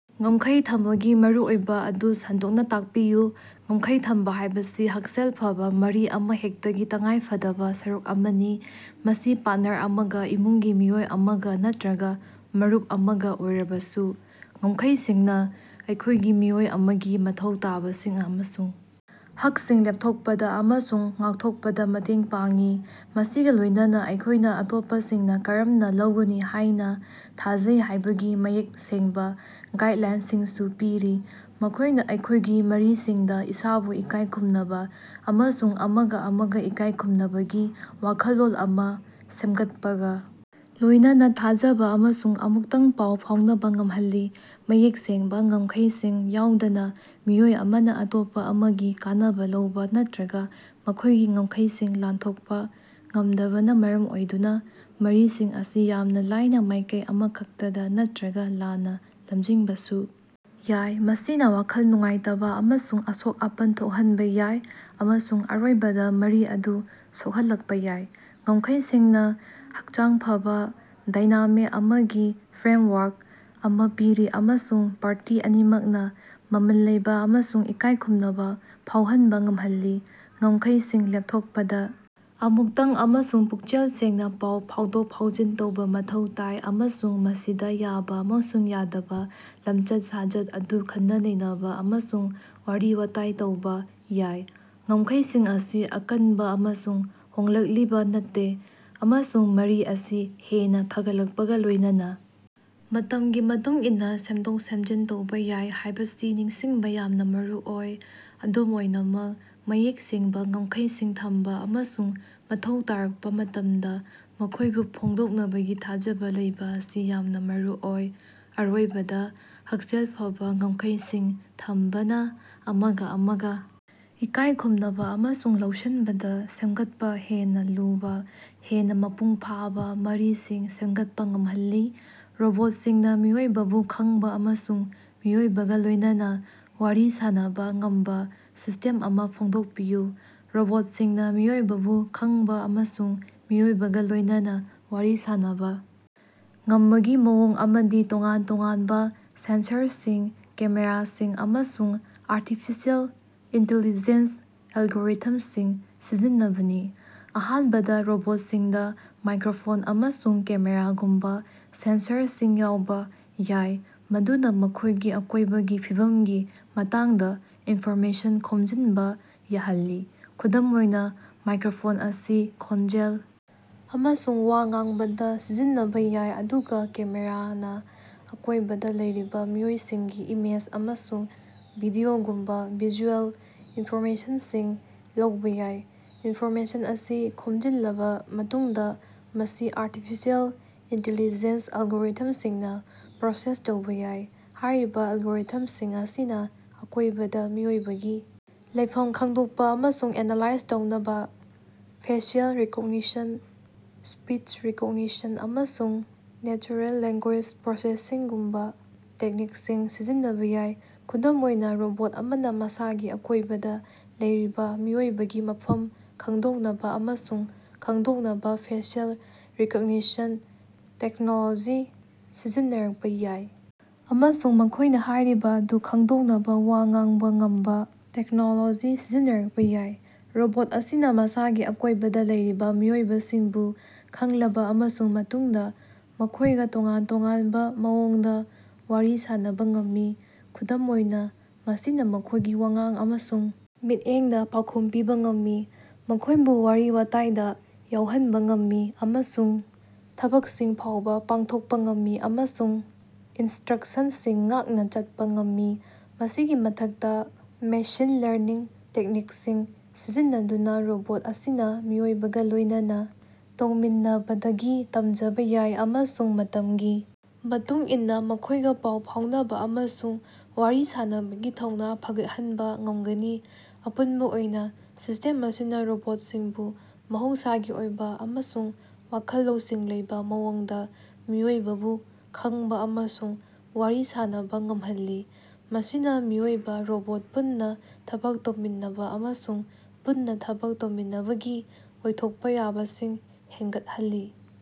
ꯉꯝꯈꯩ ꯊꯝꯕꯒꯤ ꯃꯔꯨꯑꯣꯏꯕꯥ ꯑꯗꯨ ꯁꯟꯗꯣꯛꯅꯥ ꯇꯥꯛꯄꯤꯌꯨ꯫ ꯉꯝꯈꯩ ꯊꯝꯕꯥ ꯍꯥꯏꯕꯁꯤ ꯍꯛꯁꯦꯜ ꯐꯕꯥ ꯃꯔꯤ ꯑꯃꯍꯦꯛꯇꯒꯤ ꯇꯉꯥꯏꯐꯗꯕꯥ ꯁꯔꯨꯛ ꯑꯃꯅꯤ, ꯃꯁꯤ ꯄꯥꯔꯠꯅꯔ ꯑꯃꯒꯥ, ꯏꯃꯨꯡꯒꯤ ꯃꯤꯑꯣꯏ ꯑꯃꯒꯥ ꯅꯠꯇ꯭ꯔꯒꯥ ꯃꯔꯨꯞ ꯑꯃꯒꯥ ꯑꯣꯏꯔꯕꯁꯨ꯫ ꯉꯝꯈꯩꯁꯤꯡꯅꯥ ꯑꯩꯈꯣꯏꯒꯤ ꯃꯤꯑꯣꯏ ꯑꯃꯒꯤ ꯃꯊꯧ ꯇꯥꯕꯁꯤꯡ ꯑꯃꯁꯨꯡ ꯍꯛꯁꯤꯡ ꯂꯦꯞꯊꯣꯛꯄꯗꯥ ꯑꯃꯁꯨꯡ ꯉꯥꯛꯊꯣꯛꯄꯗꯥ ꯃꯇꯦꯡ ꯄꯥꯡꯏ, ꯃꯁꯤꯒꯥ ꯂꯣꯏꯅꯅꯥ ꯑꯩꯈꯣꯏꯅꯥ ꯑꯇꯣꯞꯄꯁꯤꯡꯅꯥ ꯀꯔꯝꯅꯥ ꯂꯧꯒꯅꯤ ꯍꯥꯏꯅꯥ ꯊꯥꯖꯩ ꯍꯥꯏꯕꯒꯤ ꯃꯌꯦꯛ ꯁꯦꯡꯕꯥ ꯒꯥꯏꯗꯂꯥꯏꯟꯁꯤꯡꯁꯨ ꯄꯤꯔꯤ꯫ ꯃꯈꯣꯏꯅꯥ ꯑꯩꯈꯣꯏꯒꯤ ꯃꯔꯤꯁꯤꯡꯗꯥ ꯏꯁꯥꯕꯨ ꯏꯀꯥꯏ ꯈꯨꯝꯅꯕꯥ ꯑꯃꯁꯨꯡ ꯑꯃꯒꯥ ꯑꯃꯒꯥ ꯏꯀꯥꯏ ꯈꯨꯝꯅꯕꯒꯤ ꯋꯥꯈꯜꯂꯣꯟ ꯑꯃ ꯁꯦꯝꯒꯠꯄꯒꯥ ꯂꯣꯏꯅꯅꯥ ꯊꯥꯖꯕꯥ ꯑꯃꯁꯨꯡ ꯑꯃꯨꯛꯇꯪ ꯄꯥꯎ ꯐꯥꯎꯅꯕꯥ ꯉꯝꯍꯜꯂꯤ꯫ ꯃꯌꯦꯛ ꯁꯦꯡꯕꯥ ꯉꯝꯈꯩꯁꯤꯡ ꯌꯥꯎꯗꯅꯥ, ꯃꯤꯑꯣꯏ ꯑꯃꯅꯥ ꯑꯇꯣꯞꯄꯥ ꯑꯃꯒꯤ ꯀꯥꯟꯅꯕꯥ ꯂꯧꯕꯥ ꯅꯠꯇ꯭ꯔꯒꯥ ꯃꯈꯣꯏꯒꯤ ꯉꯝꯈꯩꯁꯤꯡ ꯂꯥꯟꯊꯣꯛꯄꯥ ꯉꯝꯗꯕꯅꯥ ꯃꯔꯝ ꯑꯣꯏꯗꯨꯅ ꯃꯔꯤꯁꯤꯡ ꯑꯁꯤ ꯌꯥꯝꯅ ꯂꯥꯏꯅ ꯃꯥꯏꯀꯩ ꯑꯃꯈꯛꯇꯗꯥ ꯅꯠꯇ꯭ꯔꯒꯥ ꯂꯥꯟꯅ ꯂꯝꯖꯤꯡꯕꯁꯨ ꯌꯥꯏ꯫ ꯃꯁꯤꯅ ꯋꯥꯈꯜ ꯅꯨꯡꯉꯥꯏꯇꯕꯥ ꯑꯃꯁꯨꯡ ꯑꯁꯣꯛ-ꯑꯄꯟ ꯊꯣꯛꯍꯟꯕꯥ ꯌꯥꯏ, ꯑꯃꯁꯨꯡ ꯑꯔꯣꯏꯕꯗꯥ ꯃꯔꯤ ꯑꯗꯨ ꯁꯣꯛꯍꯜꯂꯛꯄꯥ ꯌꯥꯏ꯫ ꯉꯝꯈꯩꯁꯤꯡꯅꯥ ꯍꯛꯆꯥꯡ ꯐꯕꯥ ꯗꯥꯏꯅꯥꯃꯤꯛ ꯑꯃꯒꯤ ꯐ꯭ꯔꯦꯝꯋꯥꯔꯛ ꯑꯃ ꯄꯤꯔꯤ ꯑꯃꯁꯨꯡ ꯄꯥꯔꯇꯤ ꯑꯅꯤꯃꯛꯅꯥ ꯃꯃꯜ ꯂꯩꯕ ꯑꯃꯁꯨꯡ ꯏꯀꯥꯏꯈꯨꯝꯅꯕꯥ ꯐꯥꯎꯍꯟꯕꯥ ꯉꯝꯍꯜꯂꯤ꯫ ꯉꯝꯈꯩꯁꯤꯡ ꯂꯦꯞꯊꯣꯛꯄꯗꯥ ꯑꯃꯨꯛꯇꯪ ꯑꯃꯁꯨꯡ ꯄꯨꯛꯆꯦꯜ ꯁꯦꯡꯅꯥ ꯄꯥꯎ ꯐꯥꯎꯗꯣꯛ-ꯐꯥꯎꯖꯤꯟ ꯇꯧꯕ ꯃꯊꯧ ꯇꯥꯏ, ꯑꯃꯁꯨꯡ ꯃꯁꯤꯗꯥ ꯌꯥꯕ ꯑꯃꯁꯨꯡ ꯌꯥꯗꯕꯥ ꯂꯝꯆꯠ-ꯁꯥꯖꯠ ꯑꯗꯨ ꯈꯟꯅ-ꯅꯩꯅꯕꯥ ꯑꯃꯁꯨꯡ ꯋꯥꯔꯤ-ꯋꯥꯇꯥꯏ ꯇꯧꯕꯥ ꯌꯥꯏ꯫ ꯉꯝꯈꯩꯁꯤꯡ ꯑꯁꯤ ꯑꯀꯟꯕꯥ ꯑꯃꯁꯨꯡ ꯍꯣꯡꯂꯛꯂꯤꯕꯥ ꯅꯠꯇꯦ, ꯑꯃꯁꯨꯡ ꯃꯔꯤ ꯑꯁꯤ ꯍꯦꯟꯅꯥ ꯐꯒꯠꯂꯛꯄꯒꯥ ꯂꯣꯏꯅꯅꯥ ꯃꯇꯝꯒꯤ ꯃꯇꯨꯡꯏꯟꯅꯥ ꯁꯦꯝꯗꯣꯛ-ꯁꯦꯝꯖꯤꯟ ꯇꯧꯕ ꯌꯥꯏ ꯍꯥꯏꯕꯁꯤ ꯅꯤꯡꯁꯤꯡꯕꯥ ꯌꯥꯝꯅ ꯃꯔꯨꯑꯣꯏ꯫ ꯑꯗꯨꯝ ꯑꯣꯏꯅꯃꯛ, ꯃꯌꯦꯛ ꯁꯦꯡꯕꯥ ꯉꯝꯈꯩꯁꯤꯡ ꯊꯝꯕꯥ ꯑꯃꯁꯨꯡ ꯃꯊꯧ ꯇꯥꯔꯛꯄꯥ ꯃꯇꯝꯗꯥ ꯃꯈꯣꯏꯕꯨ ꯐꯣꯡꯗꯣꯛꯅꯕꯒꯤ ꯊꯥꯖꯕꯥ ꯂꯩꯕꯥ ꯑꯁꯤ ꯌꯥꯝꯅ ꯃꯔꯨꯑꯣꯏ꯫ ꯑꯔꯣꯏꯕꯗꯥ, ꯍꯛꯁꯦꯜ ꯐꯕꯥ ꯉꯝꯈꯩꯁꯤꯡ ꯊꯝꯕꯅꯥ ꯑꯃꯒꯥ ꯑꯃꯒꯥ ꯏꯀꯥꯏ ꯈꯨꯝꯅꯕꯥ ꯑꯃꯁꯨꯡ ꯂꯧꯁꯤꯟꯕꯗꯥ ꯁꯦꯝꯒꯠꯄꯥ ꯍꯦꯟꯅꯥ ꯂꯨꯕꯥ, ꯍꯦꯟꯅꯥ ꯃꯄꯨꯡ ꯐꯥꯕꯥ ꯃꯔꯤꯁꯤꯡ ꯁꯦꯝꯒꯠꯄꯥ ꯉꯝꯍꯜꯂꯤ꯫ ꯔꯣꯕꯣꯠꯁꯤꯡꯅꯥ ꯃꯤꯑꯣꯏꯕꯕꯨ ꯈꯪꯕꯥ ꯑꯃꯁꯨꯡ ꯃꯤꯑꯣꯏꯕꯒꯥ ꯂꯣꯏꯅꯅꯥ ꯋꯥꯔꯤ ꯁꯥꯟꯅꯕꯥ ꯉꯝꯕꯥ ꯁꯤꯁꯇꯦꯝ ꯑꯃ ꯐꯣꯡꯗꯣꯛꯄꯤꯌꯨ꯫ ꯔꯣꯕꯣꯠꯁꯤꯡꯅꯥ ꯃꯤꯑꯣꯏꯕꯕꯨ ꯈꯪꯕꯥ ꯑꯃꯁꯨꯡ ꯃꯤꯑꯣꯏꯕꯒꯥ ꯂꯣꯏꯅꯅꯥ ꯋꯥꯔꯤ ꯁꯥꯟꯅꯕꯥ ꯉꯝꯕꯒꯤ ꯃꯑꯣꯡ ꯑꯃꯗꯤ ꯇꯣꯉꯥꯟ ꯇꯣꯉꯥꯟꯕꯥ ꯁꯦꯟꯁꯔꯁꯤꯡ, ꯀꯦꯃꯦꯔꯥꯁꯤꯡ ꯑꯃꯁꯨꯡ ꯑꯥꯔꯇꯤꯐꯤꯁꯤꯑꯦꯜ ꯏꯟꯇꯤꯂꯤꯖꯦꯟꯁ ꯑꯦꯜꯒꯣꯔꯤꯊꯝꯁꯤꯡ ꯁꯤꯖꯤꯟꯅꯕꯅꯤ꯫ ꯑꯍꯥꯟꯕꯗꯥ, ꯔꯣꯕꯣꯠꯁꯤꯡꯗꯥ ꯃꯥꯏꯀ꯭ꯔꯣꯐꯣꯟ ꯑꯃꯁꯨꯡ ꯀꯦꯃꯦꯔꯥꯒꯨꯝꯕꯥ ꯁꯦꯟꯁꯔꯁꯤꯡ ꯌꯥꯎꯕ ꯌꯥꯏ ꯃꯗꯨꯅꯥ ꯃꯈꯣꯏꯒꯤ ꯑꯀꯣꯏꯕꯒꯤ ꯐꯤꯚꯝꯒꯤ ꯃꯇꯥꯡꯗ ꯏꯟꯐꯣꯔꯃꯦꯁꯟ ꯈꯣꯝꯖꯤꯟꯕꯥ ꯌꯥꯍꯜꯂꯤ꯫ ꯈꯨꯗꯝ ꯑꯣꯏꯅ, ꯃꯥꯏꯀ꯭ꯔꯣꯐꯣꯟ ꯑꯁꯤ ꯈꯣꯟꯖꯦꯜ ꯑꯃꯁꯨꯡ ꯋꯥ ꯉꯥꯡꯕꯗꯥ ꯁꯤꯖꯤꯟꯅꯕꯥ ꯌꯥꯏ, ꯑꯗꯨꯒꯥ ꯀꯦꯃꯦꯔꯥꯅꯥ ꯑꯀꯣꯏꯕꯗꯥ ꯂꯩꯔꯤꯕꯥ ꯃꯤꯑꯣꯏꯁꯤꯡꯒꯤ ꯏꯃꯦꯖ ꯑꯃꯁꯨꯡ ꯚꯤꯗꯤꯑꯣꯒꯨꯝꯕꯥ ꯚꯤꯖꯨꯑꯦꯜ ꯏꯟꯐꯣꯔꯃꯦꯁꯟꯁꯤꯡ ꯂꯧꯕꯥ ꯌꯥꯏ꯫ ꯏꯟꯐꯣꯔꯃꯦꯁꯟ ꯑꯁꯤ ꯈꯣꯝꯖꯤꯜꯂꯕꯥ ꯃꯇꯨꯡꯗꯥ, ꯃꯁꯤ ꯑꯥꯔꯇꯤꯐꯤꯁꯤꯑꯦꯜ ꯏꯟꯇꯤꯂꯤꯖꯦꯟꯁ ꯑꯦꯜꯒꯣꯔꯤꯊꯝꯁꯤꯡꯅꯥ ꯄ꯭ꯔꯣꯁꯦꯁ ꯇꯧꯕ ꯌꯥꯏ꯫ ꯍꯥꯏꯔꯤꯕꯥ ꯑꯦꯜꯒꯣꯔꯤꯊꯝꯁꯤꯡ ꯑꯁꯤꯅ ꯑꯀꯣꯏꯕꯗꯥ ꯃꯤꯑꯣꯏꯕꯒꯤ ꯂꯩꯐꯝ ꯈꯪꯗꯣꯛꯄꯥ ꯑꯃꯁꯨꯡ ꯑꯦꯅꯥꯂꯥꯏꯖ ꯇꯧꯅꯕꯥ ꯐꯦꯁꯤꯑꯦꯜ ꯔꯤꯀꯣꯛꯅꯤꯁꯟ, ꯁ꯭ꯄꯤꯆ ꯔꯤꯀꯣꯒꯅꯤꯁꯟ, ꯑꯃꯁꯨꯡ ꯅꯦꯆꯔꯦꯜ ꯂꯦꯡꯒꯨꯌꯦꯖ ꯄ꯭ꯔꯣꯁꯦꯁꯤꯡꯒꯨꯝꯕꯥ ꯇꯦꯛꯅꯤꯛꯁꯤꯡ ꯁꯤꯖꯤꯟꯅꯕꯥ ꯌꯥꯏ꯫ ꯈꯨꯗꯝ ꯑꯣꯏꯅ, ꯔꯣꯕꯣꯠ ꯑꯃꯅꯥ ꯃꯁꯥꯒꯤ ꯑꯀꯣꯏꯕꯗꯥ ꯂꯩꯔꯤꯕꯥ ꯃꯤꯑꯣꯏꯕꯒꯤ ꯃꯐꯝ ꯈꯪꯗꯣꯛꯅꯕꯥ ꯑꯃꯁꯨꯡ ꯈꯪꯗꯣꯛꯅꯕꯥ ꯐꯦꯁꯤꯑꯦꯜ ꯔꯤꯀꯛꯅꯤꯁꯟ ꯇꯦꯛꯅꯣꯂꯣꯖꯤ ꯁꯤꯖꯤꯟꯅꯔꯛꯄꯥ ꯌꯥꯏ, ꯑꯃꯁꯨꯡ ꯃꯈꯣꯏꯅꯥ ꯍꯥꯏꯔꯤꯕ ꯑꯗꯨ ꯈꯪꯗꯣꯛꯅꯕꯥ ꯋꯥ ꯉꯥꯡꯕꯥ ꯉꯝꯕꯥ ꯇꯦꯛꯅꯣꯂꯣꯖꯤ ꯁꯤꯖꯤꯟꯅꯔꯛꯄꯥ ꯌꯥꯏ꯫ ꯔꯣꯕꯣꯠ ꯑꯁꯤꯅ ꯃꯁꯥꯒꯤ ꯑꯀꯣꯏꯕꯗꯥ ꯂꯩꯔꯤꯕꯥ ꯃꯤꯑꯣꯏꯕꯁꯤꯡꯕꯨ ꯈꯪꯂꯕꯥ ꯑꯃꯁꯨꯡ ꯃꯇꯨꯡꯗꯥ ꯃꯈꯣꯏꯒꯥ ꯇꯣꯉꯥꯟ ꯇꯣꯉꯥꯟꯕꯥ ꯃꯑꯣꯡꯗꯥ ꯋꯥꯔꯤ ꯁꯥꯟꯅꯕꯥ ꯉꯝꯃꯤ꯫ ꯈꯨꯗꯝ ꯑꯣꯏꯅ, ꯃꯁꯤꯅ ꯃꯈꯣꯏꯒꯤ ꯋꯥꯉꯥꯡ ꯑꯃꯁꯨꯡ ꯃꯤꯠꯌꯦꯡꯗꯥ ꯄꯥꯎꯈꯨꯝ ꯄꯤꯕꯥ ꯉꯝꯃꯤ, ꯃꯈꯣꯏꯕꯨ ꯋꯥꯔꯤ-ꯋꯥꯇꯥꯏꯗꯥ ꯌꯥꯎꯍꯟꯕ ꯉꯝꯃꯤ, ꯑꯃꯁꯨꯡ ꯊꯕꯛꯁꯤꯡ ꯐꯥꯎꯕꯥ ꯄꯥꯡꯊꯣꯛꯄꯥ ꯉꯝꯃꯤ ꯑꯃꯁꯨꯡ ꯏꯟꯁꯇ꯭ꯔꯛꯁꯟꯁꯤꯡ ꯉꯥꯛꯅꯥ ꯆꯠꯄꯥ ꯉꯝꯃꯤ꯫ ꯃꯁꯤꯒꯤ ꯃꯊꯛꯇꯥ, ꯃꯦꯁꯤꯟ ꯂꯔꯅꯤꯡ ꯇꯦꯛꯅꯤꯛꯁꯤꯡ ꯁꯤꯖꯤꯟꯅꯗꯨꯅꯥ ꯔꯣꯕꯣꯠ ꯑꯁꯤꯅ ꯃꯤꯑꯣꯏꯕꯒꯥ ꯂꯣꯏꯅꯅꯥ ꯇꯧꯃꯤꯟꯅꯕꯗꯒꯤ ꯇꯝꯖꯕꯥ ꯌꯥꯏ ꯑꯃꯁꯨꯡ ꯃꯇꯝꯒꯤ ꯃꯇꯨꯡ ꯏꯟꯅꯥ ꯃꯈꯣꯏꯒꯥ ꯄꯥꯎ ꯐꯥꯎꯅꯕꯥ ꯑꯃꯁꯨꯡ ꯋꯥꯔꯤ ꯁꯥꯟꯅꯕꯒꯤ ꯊꯧꯅꯥ ꯐꯒꯠꯍꯟꯕꯥ ꯉꯝꯒꯅꯤ꯫ ꯑꯄꯨꯟꯕꯥ ꯑꯣꯏꯅ, ꯁꯤꯁꯇꯦꯝ ꯑꯁꯤꯅ ꯔꯣꯕꯣꯠꯁꯤꯡꯕꯨ ꯃꯍꯧꯁꯥꯒꯤ ꯑꯣꯏꯕ ꯑꯃꯁꯨꯡ ꯋꯥꯈꯜ ꯂꯧꯁꯤꯡ ꯂꯩꯕꯥ ꯃꯑꯣꯡꯗꯥ ꯃꯤꯑꯣꯏꯕꯕꯨ ꯈꯪꯕꯥ ꯑꯃꯁꯨꯡ ꯋꯥꯔꯤ ꯁꯥꯟꯅꯕꯥ ꯉꯝꯍꯜꯂꯤ, ꯃꯁꯤꯅ ꯃꯤꯑꯣꯏꯕ-ꯔꯣꯕꯣꯠ ꯄꯨꯟꯅꯥ ꯊꯕꯛ ꯇꯧꯃꯤꯟꯅꯕꯥ ꯑꯃꯁꯨꯡ ꯄꯨꯟꯅꯥ ꯊꯕꯛ ꯇꯧꯃꯤꯟꯅꯕꯒꯤ ꯑꯣꯏꯊꯣꯛꯄꯥ ꯌꯥꯕꯁꯤꯡ ꯍꯦꯟꯒꯠꯍꯜꯂꯤ꯫